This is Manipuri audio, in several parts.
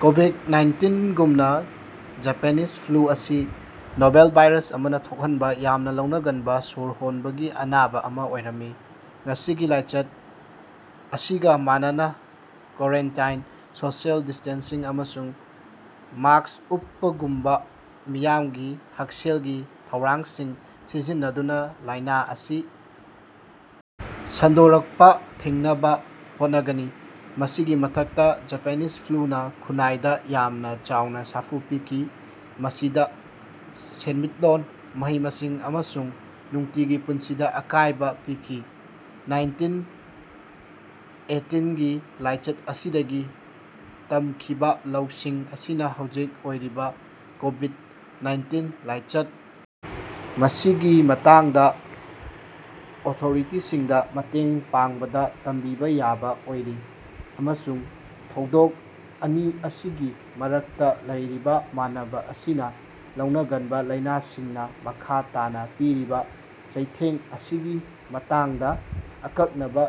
ꯀꯣꯕꯤꯠ ꯅꯥꯏꯟꯇꯤꯟ ꯒꯨꯝꯅꯥ ꯖꯄꯦꯅꯤꯁ ꯐ꯭ꯂꯨ ꯑꯁꯤ ꯅꯣꯚꯦꯜ ꯚꯥꯏꯔꯁ ꯑꯃꯥꯅꯥ ꯊꯣꯛꯍꯟꯕꯥ ꯌꯥꯝꯅꯥ ꯂꯧꯅꯒꯟꯕꯥ ꯁꯣꯔ ꯍꯣꯟꯕꯒꯤ ꯑꯅꯥꯕꯥ ꯑꯃꯥ ꯑꯣꯏꯔꯝꯃꯤ꯫ ꯉꯁꯤꯒꯤ ꯂꯥꯏꯆꯠ ꯑꯁꯤꯒꯥ ꯃꯥꯟꯅꯅꯥ ꯀꯣꯔꯦꯟꯇꯥꯏꯟ ꯁꯣꯁꯤꯌꯦꯜ ꯗꯤꯁ꯭ꯇꯦꯟꯁꯤꯡ ꯑꯃꯁꯨꯡ ꯃꯥꯁꯛ ꯎꯞꯄꯒꯨꯝꯕꯥ ꯃꯤꯌꯥꯝꯒꯤ ꯍꯛꯁꯦꯜꯒꯤ ꯊꯧꯔꯥꯡꯁꯤꯡ ꯁꯤꯖꯤꯟꯅꯗꯨꯅꯥ ꯂꯥꯏꯅꯥ ꯑꯁꯤ ꯁꯟꯗꯣꯔꯛꯄꯥ ꯊꯤꯡꯅꯕꯥ ꯍꯣꯠꯅꯒꯅꯤ꯫ ꯃꯁꯤꯒꯤ ꯃꯊꯛꯇꯥ ꯖꯄꯦꯅꯤꯁ ꯐ꯭ꯂꯨꯅꯥ ꯈꯨꯟꯅꯥꯏꯗꯥ ꯌꯥꯝꯅꯥ ꯆꯥꯎꯅꯥ ꯁꯥꯐꯨ ꯄꯤꯈꯤ ꯃꯁꯤꯗ ꯁꯦꯟꯃꯤꯠꯂꯣꯟ ꯃꯍꯩ-ꯃꯁꯤꯡ ꯑꯃꯁꯨꯡ ꯅꯨꯡꯇꯤꯒꯤ ꯄꯨꯟꯁꯤꯗꯥ ꯑꯀꯥꯏꯕꯥ ꯄꯤꯈꯤ꯫ ꯅꯥꯏꯟꯇꯤꯟ ꯑꯦꯠꯇꯤꯟ ꯒꯤ ꯂꯥꯏꯆꯠ ꯑꯁꯤꯗꯒꯤ ꯇꯝꯈꯤꯕꯥ ꯂꯧꯁꯤꯡ ꯑꯁꯤꯅꯥ ꯍꯧꯖꯤꯛ ꯑꯣꯏꯔꯤꯕꯥ ꯀꯣꯕꯤꯠ ꯅꯥꯏꯟꯇꯤꯟ ꯂꯥꯏꯆꯠ ꯃꯁꯤꯒꯤ ꯃꯇꯥꯡꯗꯥ ꯑꯣꯊꯣꯔꯤꯇꯤꯁꯤꯡꯗꯥ ꯃꯇꯦꯡ ꯄꯥꯡꯕꯗ ꯇꯝꯕꯤꯕꯥ ꯌꯥꯕꯥ ꯑꯣꯏꯔꯤ ꯑꯃꯁꯨꯡ ꯊꯧꯗꯣꯛ ꯑꯅꯤ ꯑꯁꯤꯒꯤ ꯃꯔꯛꯇꯥ ꯂꯩꯔꯤꯕ ꯃꯥꯟꯅꯕ ꯑꯁꯤꯅꯥ ꯂꯧꯅꯒꯟꯕ ꯂꯩꯅꯥꯁꯤꯡꯅꯥ ꯃꯈꯥ ꯇꯥꯅꯥ ꯄꯤꯔꯤꯕꯥ ꯆꯩꯊꯦꯡ ꯑꯁꯤꯒꯤ ꯃꯇꯥꯡꯗꯥ ꯑꯀꯛꯅꯕꯥ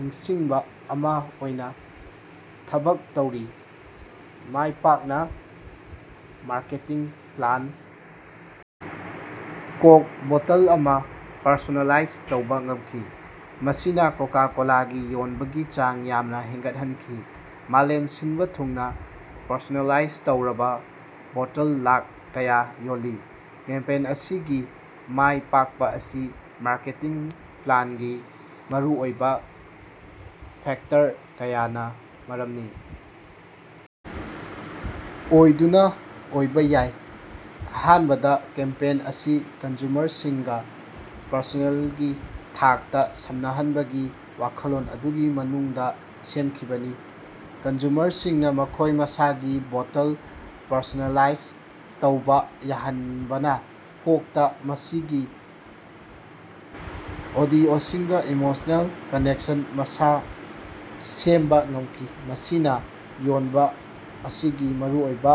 ꯅꯤꯡꯁꯤꯡꯕꯥ ꯑꯃꯥ ꯑꯣꯏꯅ ꯊꯕꯛ ꯇꯧꯔꯤ꯫ ꯃꯥꯏꯄꯥꯛꯅꯥ ꯃꯥꯔꯀꯦꯇꯤꯡ ꯄ꯭ꯂꯥꯟ ꯀꯣꯛ ꯕꯣꯇꯜ ꯑꯃ ꯄꯔꯁꯣꯅꯦꯂꯥꯏꯖ ꯇꯧꯕ ꯉꯝꯈꯤ꯫ ꯃꯁꯤꯅ ꯀꯣꯀꯥ ꯀꯣꯂꯥꯒꯤ ꯌꯣꯟꯕꯒꯤ ꯆꯥꯡ ꯌꯥꯝꯅ ꯍꯦꯟꯒꯠꯍꯟꯈꯤ ꯃꯥꯂꯦꯝ ꯁꯤꯟꯕ ꯊꯨꯡꯅ ꯄꯔꯁꯣꯅꯦꯂꯥꯏꯖ ꯇꯧꯔꯕ ꯕꯣꯇꯜ ꯂꯥꯛ ꯀꯌꯥ ꯌꯣꯜꯂꯤ꯫ ꯀꯦꯝꯄꯦꯟ ꯑꯁꯤꯒꯤ ꯃꯥꯏ ꯄꯥꯛꯄ ꯑꯁꯤ ꯃꯥꯔꯀꯦꯇꯤꯡ ꯄ꯭ꯂꯥꯟꯒꯤ ꯃꯔꯨꯑꯣꯏꯕ ꯐꯦꯛꯇꯔ ꯀꯌꯥꯅ ꯃꯔꯝ ꯑꯣꯏꯗꯨꯅ ꯑꯣꯏꯕ ꯌꯥꯏ꯫ ꯑꯍꯥꯟꯕꯗ ꯀꯦꯝꯄꯦꯟ ꯑꯁꯤ ꯀꯟꯖꯨꯃꯔꯁꯤꯡꯒ ꯄꯔꯁꯣꯅꯦꯜꯒꯤ ꯊꯥꯛꯇ ꯁꯝꯅꯍꯟꯕꯒꯤ ꯋꯥꯈꯜꯂꯣꯟ ꯑꯗꯨꯒꯤ ꯃꯅꯨꯡꯗ ꯁꯦꯝꯈꯤꯕꯅꯤ꯫ ꯀꯟꯖꯨꯃꯔꯁꯤꯡꯅ ꯃꯈꯣꯏ ꯃꯁꯥꯒꯤ ꯕꯣꯇꯜ ꯄꯔꯁꯣꯅꯦꯂꯥꯏꯖ ꯇꯧꯕ ꯌꯥꯍꯟꯕꯅ ꯀꯣꯛꯅ ꯃꯁꯤꯒꯤ ꯑꯣꯗꯤꯑꯣꯁꯤꯡꯒ ꯏꯃꯣꯁꯅꯦꯜ ꯀꯅꯦꯛꯁꯟ ꯃꯁꯥ ꯁꯦꯝꯕꯥ ꯉꯝꯈꯤ ꯃꯁꯤꯅ ꯌꯣꯟꯕ ꯑꯁꯤꯒꯤ ꯃꯔꯨꯑꯣꯏꯕ